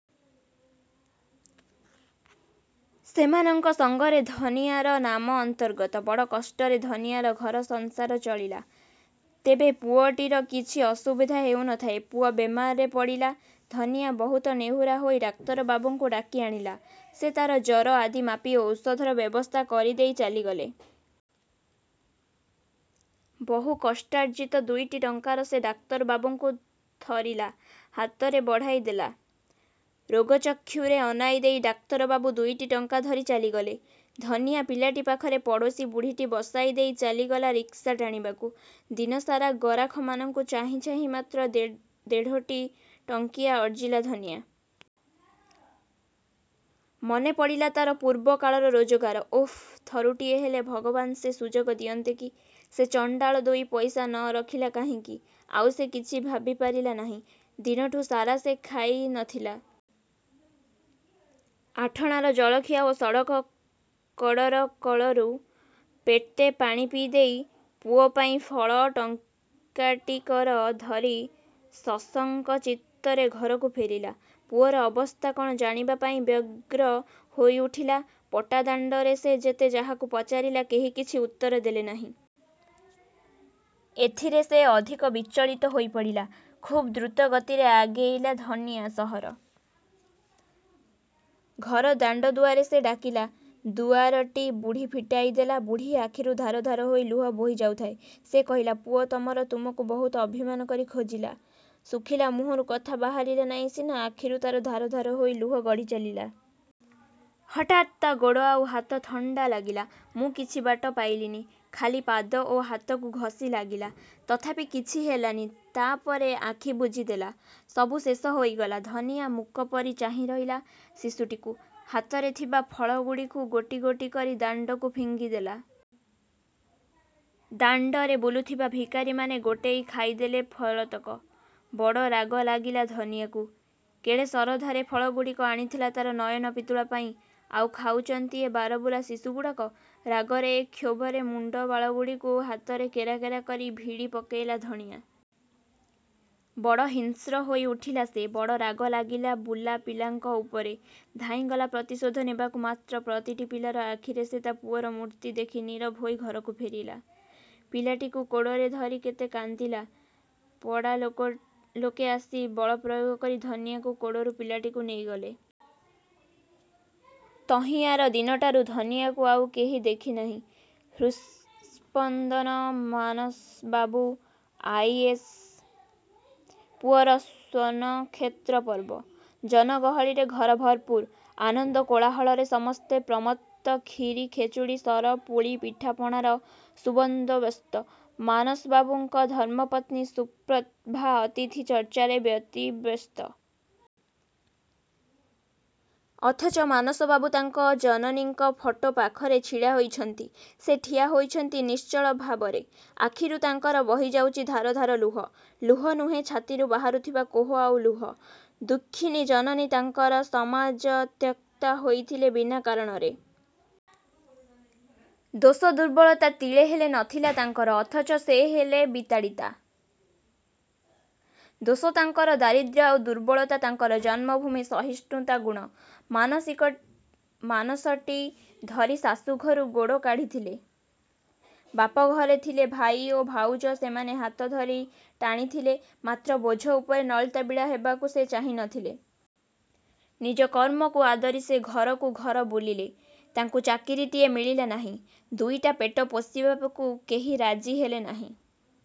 ସେମାନଙ୍କ ସଙ୍ଗରେ ଧନିଆର ନାମ ଅନ୍ତର୍ଗତ। ବଡ଼ କଷ୍ଟରେ ଧନିଆର ଘର ସଂସାର ଚଳିଲା। ତେବେ ପୁଅଟିର କିଛି ଅସୁବିଧା ହେଉ ନ ଥାଏ। ପୁଅ ବେମାରରେ ପଡ଼ିଲା। ଧନିଆ ବହୁତ ନେହୁରା ହେଇ ଡାକ୍ତରବାବୁଙ୍କୁ ଡାକି ଆଣିଲା। ସେ ତାର ଜର ଆଦି ମାପି ଔଷଧର ବ୍ୟବସ୍ଥା କରିଦେଇ ଚାଲିଗଲେ। ବହୁ କଷ୍ଟାର୍ଜିତ ଦୁଇଟି ଟଙ୍କା ସେ ଡାକ୍ତର ବାବୁଙ୍କୁ ଥରିଲା ହାତରେ ବଢ଼ାଇ ଦେଲା। ରୋଷ ଚକ୍ଷୁରେ ଅନାଇ ଦେଇ ଡାକ୍ତର ବାବୁ ଦୁଇଟି ଟଙ୍କା ଧରି ଚାଲିଗଲେ। ଧନିଆ ପିଲାଟି ପାଖରେ ପଡ଼ୋଶୀ ବୁଢ଼ୀଟି ବସାଇ ଦେଇ ଚାଲିଗଲା ରିକ୍ସା ଟାଣିବାକୁ। ଦିନସାରା ଗରାଖମାନଙ୍କୁ ଚାହିଁ ଚାହିଁ ମାତ୍ର ଦେଢ଼ୋଟି ଟଙ୍କା ଅର୍ଜିଲା ଧନିଆ। ମନେ ପଡ଼ିଲା ତାର ପୂର୍ବ କାଳର ରୋଜଗାର। ଓଃ, ଥରୁଟିଏ ହେଲେ ଭଗବାନ ସେ ସୁଯୋଗ ଦିଅନ୍ତେ କି! ସେ ଚଣ୍ତାଳ ଦୁଇ ପଇସା ନ ରଖିଲା କାହିଁକି। ଆଉ ସେ କିଛି ଭାବି ପାରିଲା ନାହିଁ। ଦିନଟୁ ସାରା ସେ ଖାଇ ନ ଥିଲା। ଆଠଣାର ଜଳଖିଆ ଓ ସଡ଼କ କଡ଼ରକଳରୁ ପେଟେ ପାଣି ପିଇଦେଲା। ପୁଅ ପାଇଁ ଫଳ ଟଙ୍କାଟିକର ଧରି ଶଶଙ୍କ ଚିତ୍ତରେ ଘରକୁ ଫେରିଲା। ପୁଅର ଅବସ୍ଥା କ'ଣ ଜାଣିବା ପାଇଁ ବ୍ୟଗ୍ର ହୋଇ ଉଠିଲା। ପଡ଼ା ଦାଣ୍ତରେ ସେ ଯେତେ ଯାହାକୁ ପଚାରିଲା କେହି କିଛି ଉତ୍ତର ଦେଲେ ନାହିଁ। ଏଥିରେ ସେ ଅଧିକ ବିଚଳିତ ହୋଇପଡ଼ିଲା। ଖୁବ୍ ଦ୍ରୁତ ଗତିରେ ଆଗେଇଲା ଧନିଆ ସଅର। ଘର ଦାଣ୍ତଦୁଆରେ ସେ ଡ଼ାକିଲା। ଦୁଆରଟି ବୁଢ଼ୀ ଫିଟାଇ ଦେଲା। ବୁଢ଼ୀ ଆଖିରୁ ଧାର ଧାର ହୋଇ ଲୁହ ବୋହି ଯାଉଥାଏ। ସେ କହିଲା—ପୁଅ ତମର ତୁମକୁ ବହୁତ ଅଭିମାନ କରି ଖୋଜିଲା, ଶୁଖିଲା ମୁହଁରୁ କଥା ବାହାରିଲା ନାହିଁ ସିନା ଆଖିରୁ ତାର ଧାର ଧାର ହୋଇ ଲୁହ ଗଡ଼ି ଚାଲିଲା। ହଠାତ୍ ତା ଗୋଡ଼ ଆଉ ହାତ ଥଣ୍ତା ଲାଗିଲା। ମୁଁ କିଛି ବାଟ ପାଇଲିନି। ଖାଲି ପାଦ ଓ ହାତକୁ ଘସି ଲାଗିଲା। ତଥାପି କିଛି ହେଲାନି, ତାପରେ ଆଖି ବୁଜିଦେଲା। ସବୁ ଶେଷ ହୋଇଗଲା। ଧନିଆ ମୂକ ପରି ଚାହିଁ ରହିଲା ଶିଶୁଟିକୁ। ହାତରେ ଥିବା ଫଳ ଗୁଡ଼ିକୁ ଗୋଟି ଗୋଟି କରି ଦାଣ୍ତକୁ ଫିଙ୍ଗିଦେଲେ। ଦାଣ୍ତରେ ବୁଲୁଥିବା ଭିକାରୀମାନେ ଗୋଟାଇ ଖାଇଦେଲେ ଫଳତକ। ବଡ଼ ରାଗ ଲାଗିଲା ଧନିଆକୁ। କେଡ଼େ ଶରଧାରେ ଫଳଗୁଡ଼ିକ ଆଣିଥିଲା ତାର ନୟନ ପିତୁଳା ପାଇଁ, ଆଉ ଖାଉଚନ୍ତି ଏ ବାରବୁଲା ଶିଶୁଗୁଡ଼ାକ। ରାଗରେ ଓ କ୍ଷୋଭରେ ମୁଣ୍ତ ବାଳଗୁଡ଼ିକୁ ହାତରେ କେରା କେରା କରି ଭିଡ଼ି ପକାଇଲେ ଧନିଆ। ବଡ଼ ହିଂସ୍ର ହୋଇଉଠିଲା ସେ। ବଡ଼ ରାଗ ଲାଗିଲା ବୁଲା ପିଲାଙ୍କ ଉପରେ। ଧାଇଁଗଲା ପ୍ରତିଶୋଧ ନେବାକୁ। ମାତ୍ର ପ୍ରତିଟି ପିଲାର ଆଖିରେ ସେ ତା ପୁଅର ମୂର୍ତ୍ତି ଦେଖି ନୀରବ ହୋଇ ଘରକୁ ଫେରିଲା। ପିଲାଟିକୁ କୋଡ଼ରେ ଧରି କେତେ କାନ୍ଦିଲା। ପଡ଼ା ଲୋକେ ଆସି ବଳ ପ୍ରୟୋଗ କରି ଧନିଆ କୋଡ଼ରୁ ପିଲାଟିକୁ ନେଇଗଲେ। ତହିଁଆର ଦିନଟାରୁ ଧନିଆକୁ ଆଉ କେହି ଦେଖିନାହିଁ। ହୃତ୍ସ୍ପନ୍ଦନ Manas babu, I. A. S. ପୁଅର ସ୍ୱନକ୍ଷେତ୍ର ପର୍ବ। ଜନଗହଳିରେ ଘର ଭରପୂର। ଆନନ୍ଦ କୋଳାହଳରେ ସମସ୍ତେ ପ୍ରମତ୍ତ। କ୍ଷୀରୀ, ଖେଚୁଡ଼ୀ, ସର, ପୁଳି, ପିଠା ପଣାର ସୁବନ୍ଦୋବସ୍ତ। ମାନସବାବୁଙ୍କ ଧର୍ମପତ୍ନୀ ସୁପ୍ରଭା ଅତିଥି ଚର୍ଚ୍ଚାରେ ବ୍ୟତିବ୍ୟସ୍ତ। ଅଥଚ ମାନସବାବୁ ତାଙ୍କ ଜନନୀଙ୍କ ଫଟୋ ପାଖରେ ଛିଡ଼ା ହୋଇଚନ୍ତି। ସେ ଠିଆ ହୋଇଚନ୍ତି ନିଶ୍ଚଳ ଭାବରେ, ଆଖିରୁ ତାଙ୍କର ବହିଯାଉଅଛି ଧାର ଧାର ଲୁହ। ଲୁହ ନୁହେଁ, ଛାତିରୁ ବାହାରୁଥିବା କୋହ ଆଉ ଲହୁ। ଦୁଃଖିନୀ ଜନନୀ ତାଙ୍କର। ସମାଜତ୍ୟକ୍ତା ହୋଇଥିଲେ ବିନା କାରଣରେ। ଦୋଷ ଦୁର୍ବଳତା ତିଳେ ହେଲେ ନ ଥିଲା ତାଙ୍କର। ଅଥଚ ସେ ହେଲେ ବିତାଡ଼ିତା। ଦୋଷ ତାଙ୍କର ଦାରିଦ୍ର୍ୟ ଆଉ ଦୁର୍ବଳତା ତାଙ୍କର ଜନ୍ମଭୂମିର ସହିଷ୍ଣୁତା ଗୁଣ। ମାନସଟିକୁ ଧରି ଶାଶୁ ଘରୁ ଗୋଡ଼ କାଢ଼ିଥିଲେ। ବାପ ଘରେ ଥିଲେ ଭାଇ ଓ ଭାଉଜ-। ସେମାନେ ହାତ ଧରି ଟାଣିଥିଲେ, ମାତ୍ର ବୋଝ ଉପରେ ନଳିତା ବିଡ଼ା ହେବାକୁ ସେ ଚାହିଁ ନ ଥିଲେ। ନିଜ କର୍ମକୁ ଆଦରି ସେ ଘରକୁ ଘର ବୁଲିଲେ। ତାଙ୍କୁ ଚାକିରୀଟିଏ ମିଳିଲା ନାହିଁ-। ଦୁଇଟା ପେଟ ପୋଷିବାକୁ କେହି ରାଜି ହେଲେ ନାହିଁ।